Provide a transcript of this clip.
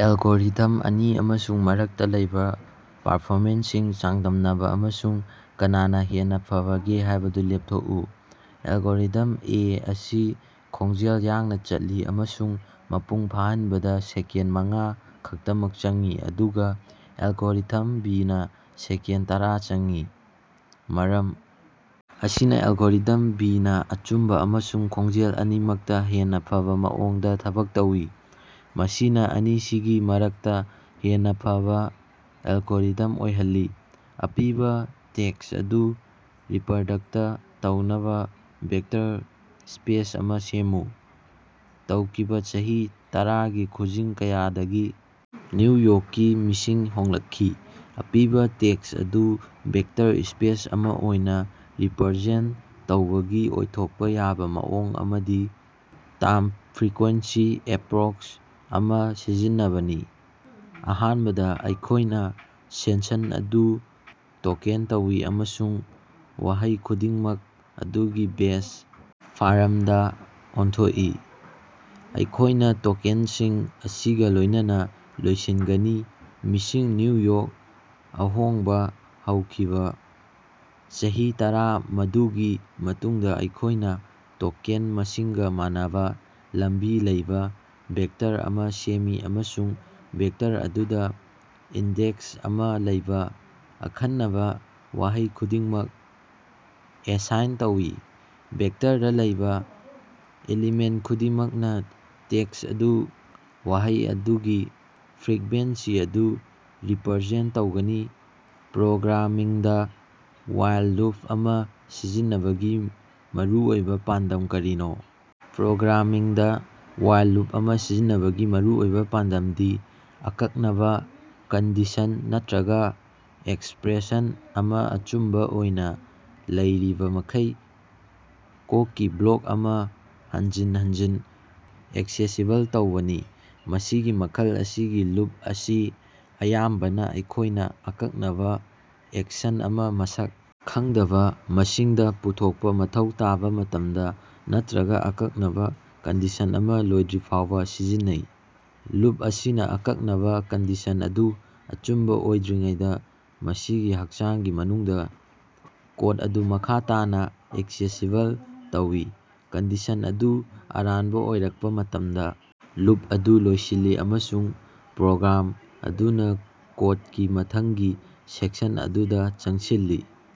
Algorithm ꯑꯅꯤ ꯑꯃꯁꯨꯡ ꯃꯔꯛꯇꯥ ꯂꯩꯕꯥ ꯄꯔꯐꯣꯃꯦꯟꯁꯁꯤꯡ ꯆꯥꯡꯗꯝꯅꯕꯥ ꯑꯃꯁꯨꯡ ꯀꯅꯥꯅꯥ ꯍꯦꯟꯅꯥ ꯐꯕꯒꯦ ꯍꯥꯏꯕꯗꯨ ꯂꯦꯞꯊꯣꯛꯎ꯫ ꯑꯦꯜꯒꯣꯔꯤꯊꯝ ꯑꯦ ꯑꯁꯤ ꯈꯣꯡꯖꯦꯜ ꯌꯥꯡꯅꯥ ꯆꯠꯂꯤ ꯑꯃꯁꯨꯡ ꯃꯄꯨꯡ ꯐꯥꯍꯟꯕꯗꯥ ꯁꯦꯀꯦꯟꯗ ꯃꯉꯥ ꯈꯛꯇꯃꯛ ꯆꯪꯏ, ꯑꯗꯨꯒꯥ ꯑꯦꯜꯒꯣꯔꯤꯊꯝ ꯕꯤꯅ ꯁꯦꯀꯦꯟꯗ ꯇꯔꯥ ꯆꯪꯏ꯫ ꯃꯔꯝ ꯑꯁꯤꯅꯥ ꯑꯦꯜꯒꯣꯔꯤꯊꯝ ꯕꯤꯅꯥ ꯑꯆꯨꯝꯕꯥ ꯑꯃꯁꯨꯡ ꯈꯣꯡꯖꯦꯜ ꯑꯅꯤꯃꯛꯇꯥ ꯍꯦꯟꯅꯥ ꯐꯕꯥ ꯃꯑꯣꯡꯗꯥ ꯊꯕꯛ ꯇꯧꯏ, ꯃꯁꯤꯅꯥ ꯑꯅꯤꯁꯤꯒꯤ ꯃꯔꯛꯇꯥ ꯍꯦꯟꯅꯥ ꯐꯕꯥ ꯑꯦꯜꯒꯣꯔꯤꯊꯝ ꯑꯣꯏꯍꯜꯂꯤ꯫ ꯑꯄꯤꯕꯥ ꯇꯦꯛꯁ ꯑꯗꯨ ꯔꯤꯄ꯭ꯔꯗꯛꯇ ꯇꯧꯅꯕꯥ ꯚꯦꯛꯇꯔ ꯁ꯭ꯄꯦꯁ ꯑꯃꯥ ꯁꯦꯝꯃꯨ꯫ ꯇꯧꯈꯤꯕꯥ ꯆꯍꯤ ꯇꯔꯥꯒꯤ ꯈꯨꯖꯤꯡ ꯀꯌꯥꯗꯒꯤ ꯅ꯭ꯌꯨ ꯌꯣꯛꯀꯤ ꯃꯤꯁꯤꯡ ꯍꯣꯡꯂꯛꯈꯤ꯫ ꯑꯄꯤꯕꯥ ꯇꯦꯛꯁ ꯑꯗꯨ ꯚꯦꯛꯇꯔ ꯁ꯭ꯄꯦꯁ ꯑꯃꯥ ꯑꯣꯏꯅꯥ ꯔꯤꯄ꯭ꯔꯖꯦꯟꯇ ꯇꯧꯕꯒꯤ ꯑꯣꯏꯊꯣꯛꯄꯥ ꯌꯥꯕꯥ ꯃꯑꯣꯡ ꯑꯃꯗꯤ ꯇꯥꯝ ꯐ꯭ꯔꯤꯀ꯭ꯋꯦꯟꯁꯤ ꯑꯦꯄ꯭ꯔꯣꯆ ꯑꯃꯥ ꯁꯤꯖꯤꯟꯅꯕꯅꯤ꯫ ꯑꯍꯥꯟꯕꯗꯥ ꯑꯩꯈꯣꯏꯅꯥ ꯁꯦꯟꯁꯟ ꯑꯗꯨ ꯇꯣꯀꯦꯟ ꯇꯧꯏ ꯑꯃꯁꯨꯡ ꯋꯥꯍꯩ ꯈꯨꯗꯤꯡꯃꯛ ꯃꯗꯨꯒꯤ ꯕꯦꯖ ꯐꯥꯔꯝꯗꯥ ꯑꯣꯟꯊꯣꯛꯏ꯫ ꯑꯩꯈꯣꯏꯅꯥ ꯇꯣꯀꯦꯟꯁꯤꯡ ꯑꯁꯤꯒꯥ ꯂꯣꯏꯅꯅꯥ ꯂꯣꯏꯁꯤꯟꯒꯅꯤ꯫ ꯃꯤꯁꯤꯡ, ꯅ꯭ꯌꯨ ꯌꯣꯔꯛ, ꯑꯍꯣꯡꯕꯥ, ꯍꯧꯈꯤꯕꯥ, ꯆꯍꯤ ꯇꯔꯥ ꯃꯗꯨꯒꯤ ꯃꯇꯨꯡꯗꯥ ꯑꯩꯈꯣꯏꯅꯥ ꯇꯣꯀꯦꯟ ꯃꯁꯤꯡꯒꯥ ꯃꯥꯟꯅꯕꯥ ꯂꯝꯕꯤ ꯂꯩꯕꯥ ꯚꯦꯛꯇꯔ ꯑꯃꯥ ꯁꯦꯝꯃꯤ ꯑꯃꯁꯨꯡ ꯚꯦꯛꯇꯔ ꯑꯗꯨꯗꯥ ꯏꯟꯗꯦꯛꯁ ꯑꯃꯥ ꯂꯩꯕꯥ ꯑꯈꯟꯅꯕꯥ ꯋꯥꯍꯩ ꯈꯨꯗꯤꯡꯃꯛ ꯑꯦꯁꯥꯏꯟ ꯇꯧꯏ꯫ ꯚꯦꯛꯇꯔꯗꯥ ꯂꯩꯕꯥ ꯑꯦꯂꯤꯃꯦꯟꯇ ꯈꯨꯗꯤꯡꯃꯛꯅꯥ ꯇꯦꯛꯁ ꯑꯗꯨꯗꯥ ꯋꯥꯍꯩ ꯑꯗꯨꯒꯤ ꯐ꯭ꯔꯤꯛꯕꯦꯟꯁꯤ ꯑꯗꯨ ꯔꯤꯄ꯭ꯔꯖꯦꯟꯇ ꯇꯧꯒꯅꯤ꯫ ꯄ꯭ꯔꯣꯒ꯭ꯔꯥꯃꯤꯡꯗꯥ ꯋꯥꯏꯜ ꯂꯨꯞ ꯑꯃꯥ ꯁꯤꯖꯤꯟꯅꯕꯒꯤ ꯃꯔꯨꯑꯣꯏꯕꯥ ꯄꯥꯟꯗꯝ ꯀꯔꯤꯅꯣ? ꯄ꯭ꯔꯣꯒ꯭ꯔꯥꯃꯤꯡꯗꯥ ꯋꯥꯏꯜ ꯂꯨꯞ ꯑꯃꯥ ꯁꯤꯖꯤꯟꯅꯕꯒꯤ ꯃꯔꯨꯑꯣꯏꯕꯥ ꯄꯥꯟꯗꯝꯗꯤ ꯑꯀꯛꯅꯕꯥ ꯀꯟꯗꯤꯁꯟ ꯅꯠꯇ꯭ꯔꯒꯥ ꯑꯦꯛꯁꯄ꯭ꯔꯦꯁꯟ ꯑꯃꯥ ꯑꯆꯨꯝꯕꯥ ꯑꯣꯏꯅꯥ ꯂꯩꯔꯤꯕꯃꯈꯩ ꯀꯣꯛꯀꯤ ꯕ꯭ꯂꯣꯛ ꯑꯃꯥ ꯍꯟꯖꯤꯟ ꯍꯟꯖꯤꯟ ꯑꯦꯛꯁꯦꯁꯤꯕꯜ ꯇꯧꯕꯅꯤ꯫ ꯃꯁꯤꯒꯤ ꯃꯈꯜ ꯑꯁꯤꯒꯤ ꯂꯨꯞ ꯑꯁꯤ ꯑꯌꯥꯝꯕꯅꯥ ꯑꯩꯈꯣꯏꯅꯥ ꯑꯀꯛꯅꯕꯥ ꯑꯦꯛꯁꯟ ꯑꯃꯥ ꯃꯁꯛ ꯈꯪꯗꯕꯥ ꯃꯁꯤꯡꯗꯥ ꯄꯨꯊꯣꯛꯄꯥ ꯃꯊꯧ ꯇꯥꯕꯥ ꯃꯇꯝꯗꯥ, ꯅꯠꯇ꯭ꯔꯒꯥ ꯑꯀꯛꯅꯕꯥ ꯀꯟꯗꯤꯁꯟ ꯑꯃꯥ ꯂꯣꯏꯗ꯭ꯔꯤꯐꯥꯎꯕꯥ ꯁꯤꯖꯤꯟꯅꯩ꯫ ꯂꯨꯞ ꯑꯁꯤꯅꯥ ꯑꯀꯛꯅꯕꯥ ꯀꯟꯗꯤꯁꯟ ꯑꯗꯨ ꯑꯆꯨꯝꯕꯥ ꯑꯣꯏꯗ꯭ꯔꯤꯉꯩꯗꯥ ꯃꯁꯤꯒꯤ ꯍꯛꯆꯥꯡꯒꯤ ꯃꯅꯨꯡꯗꯥ ꯀꯣꯠ ꯑꯗꯨ ꯃꯈꯥ ꯇꯥꯅꯥ ꯑꯦꯛꯁꯦꯁꯤꯕꯜ ꯇꯧꯏ꯫ ꯀꯟꯗꯤꯁꯟ ꯑꯗꯨ ꯑꯔꯥꯟꯕꯥ ꯑꯣꯏꯔꯛꯄꯥ ꯃꯇꯝꯗꯥ, ꯂꯨꯞ ꯑꯗꯨ ꯂꯣꯏꯁꯤꯜꯂꯤ ꯑꯃꯁꯨꯡ ꯄ꯭ꯔꯣꯒ꯭ꯔꯥꯝ ꯑꯗꯨꯅꯥ ꯀꯣꯠꯀꯤ ꯃꯊꯪꯒꯤ ꯁꯦꯛꯁꯟ ꯑꯗꯨꯗꯥ ꯆꯪꯁꯤꯜꯂꯤ꯫